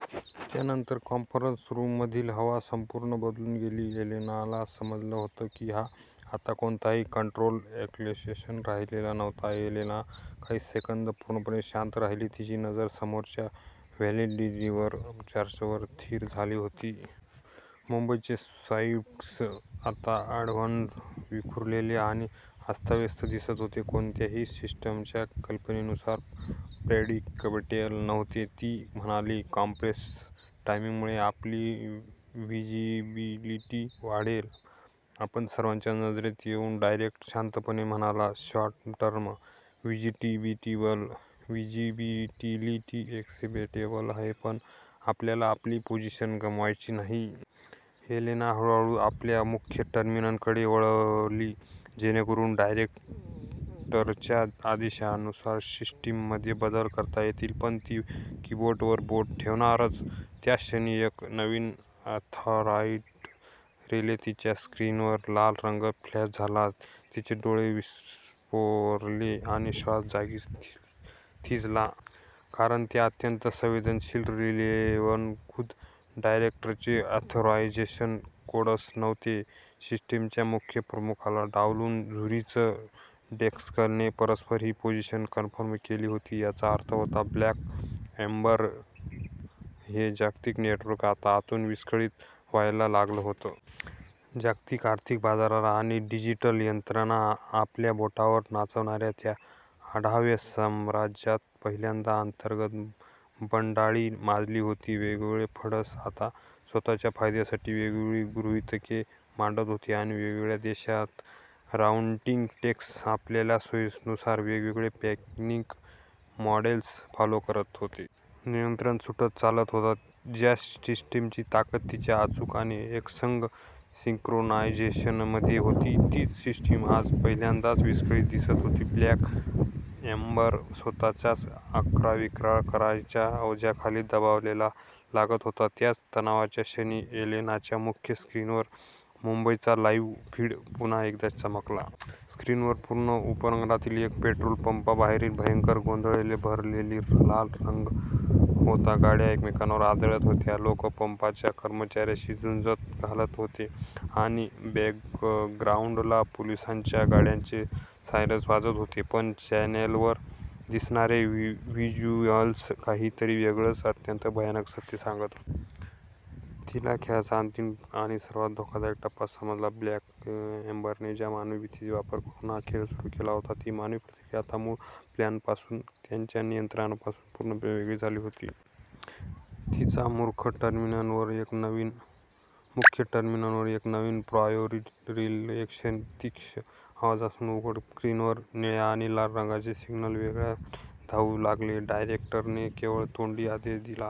त्या नंतर कॉन्फरन्स रूममधली हवा संपूर्ण बदलून गेली. एलेनाला समजलं होतं कि हा आता कोणताही कंट्रोल्ड एस्केलेशन राहिलेला नव्हता. एलेना काही सेकंद पूर्णपणे शांत राहिली. तिची नजर समोरच्या व्होलॅटिलिटी चार्ट्सवर स्थिर झाली होती. मुंबईचे स्पाईक्स आता अनइव्हन, विखुरलेले आणि अस्ताव्यस्त दिसत होते. ते कोणत्याही सिस्टीमच्या कल्पनेनुसार प्रेडिक्टेबल नव्हते. ती म्हणाली, कॉम्प्रेस्ड टायमिंगमुळे आपली व्हिजिबिलिटी वाढेल. आपण सर्वांच्या नजरेत येऊ. डायरेक्टर शांतपणे म्हणाला, "शॉर्ट-टर्म व्हिजिबिलिटी एक्सेप्टेबल आहे, पण आपल्याला आपली पोझिशन गमवायची नाही." एलेना हळूहळू आपल्या मुख्य टर्मिनलकडे वळली, जेणेकरून डायरेक्टरच्या आदेशानुसार सिस्टीममध्ये बदल करता येतील. पण ती कीबोर्डवर बोटे ठेवणार, त्याच क्षणी एक नवीन, अनऑथराईज्ड रिले तिच्या स्क्रीनवर लाल रंगात फ्लॅश झाला: तिचे डोळे विस्फारले आणि श्वास जागीच थिजला. कारण त्या अत्यंत संवेदनशील रिलेवर खुद्द डायरेक्टरचे ऑथरायझेशन कोड्स नव्हते. सिस्टीमच्या मुख्य प्रमुखाला डावलून झुरिच डेस्कने परस्पर ही पोझिशन कन्फर्म केली होती. याचा अर्थ होता 'ब्लॅक एम्बर' हे जागतिक नेटवर्क आता आतून विस्कळीत व्हायला लागलं होतं. जागतिक आर्थिक बाजाराला आणि डिजिटल यंत्रणांना आपल्या बोटांवर नाचवणाऱ्या त्या अवाढव्य साम्राज्यात पहिल्यांदाच अंतर्गत बंडाळी माजली होती. वेगवेगळे फंड्स आता स्वतःच्या फायद्यासाठी वेगवेगळी गृहीतके मांडत होते, तर वेगवेगळ्या देशांतील राउटिंग डेस्क आपापल्या सोयीनुसार वेगवेगळे पॅनिक मॉडेल्स फॉलो करत होते. नियंत्रण सुटत चाललं होतं. ज्या सिस्टीमची ताकद तिच्या अचूक आणि एकसंध सिंक्रोनायझेशनमध्ये होती, तीच सिस्टीम आज पहिल्यांदाच विस्कळीत दिसत होती. 'ब्लॅक एम्बर' स्वतःच्याच अक्राळविक्राळ आकाराच्या ओझ्याखाली दबायला लागलं होतं. त्याच तणावाच्या क्षणी, एलेनाच्या मुख्य स्क्रीनवर मुंबईचा लाईव्ह फीड पुन्हा एकदा चमकला. स्क्रीनवर पूर्व उपनगरातील एका पेट्रोल पंपाबाहेरची भयंकर, गोंधळाने भरलेली रांग दिसत होती. गाड्या एकमेकांवर आदळत होत्या, लोक पंपाच्या कर्मचाऱ्यांशी हुज्जत घालत होते आणि बॅकग्राउंडला पोलिसांच्या गाड्यांचे सायरन वाजत होते. पण चॅनेलवर दिसणारे व्हिज्युअल्स काहीतरी वेगळंच, अत्यंत भयानक सत्य सांगत होते. तिला खेळाचा अंतिम आणि सर्वात धोकादायक टप्पा समजला होता. 'ब्लॅक एम्बर'ने ज्या मानवी भीतीचा वापर करून हा खेळ सुरू केला होता, ती मानवी प्रतिक्रिया आता मूळ प्लॅनपासून, त्यांच्या नियंत्रणापासून पूर्णपणे वेगळी झाली होती. तिच्या मुख्य टर्मिनलवर एक नवीन प्रायोरिटी रिले एका तीक्ष्ण आवाजासह उघडलं. स्क्रीनवर निळ्या आणि लाल रंगाचे सिग्नल्स वेगाने धावू लागले. डायरेक्टरने केवळ तोंडी आदेश दिला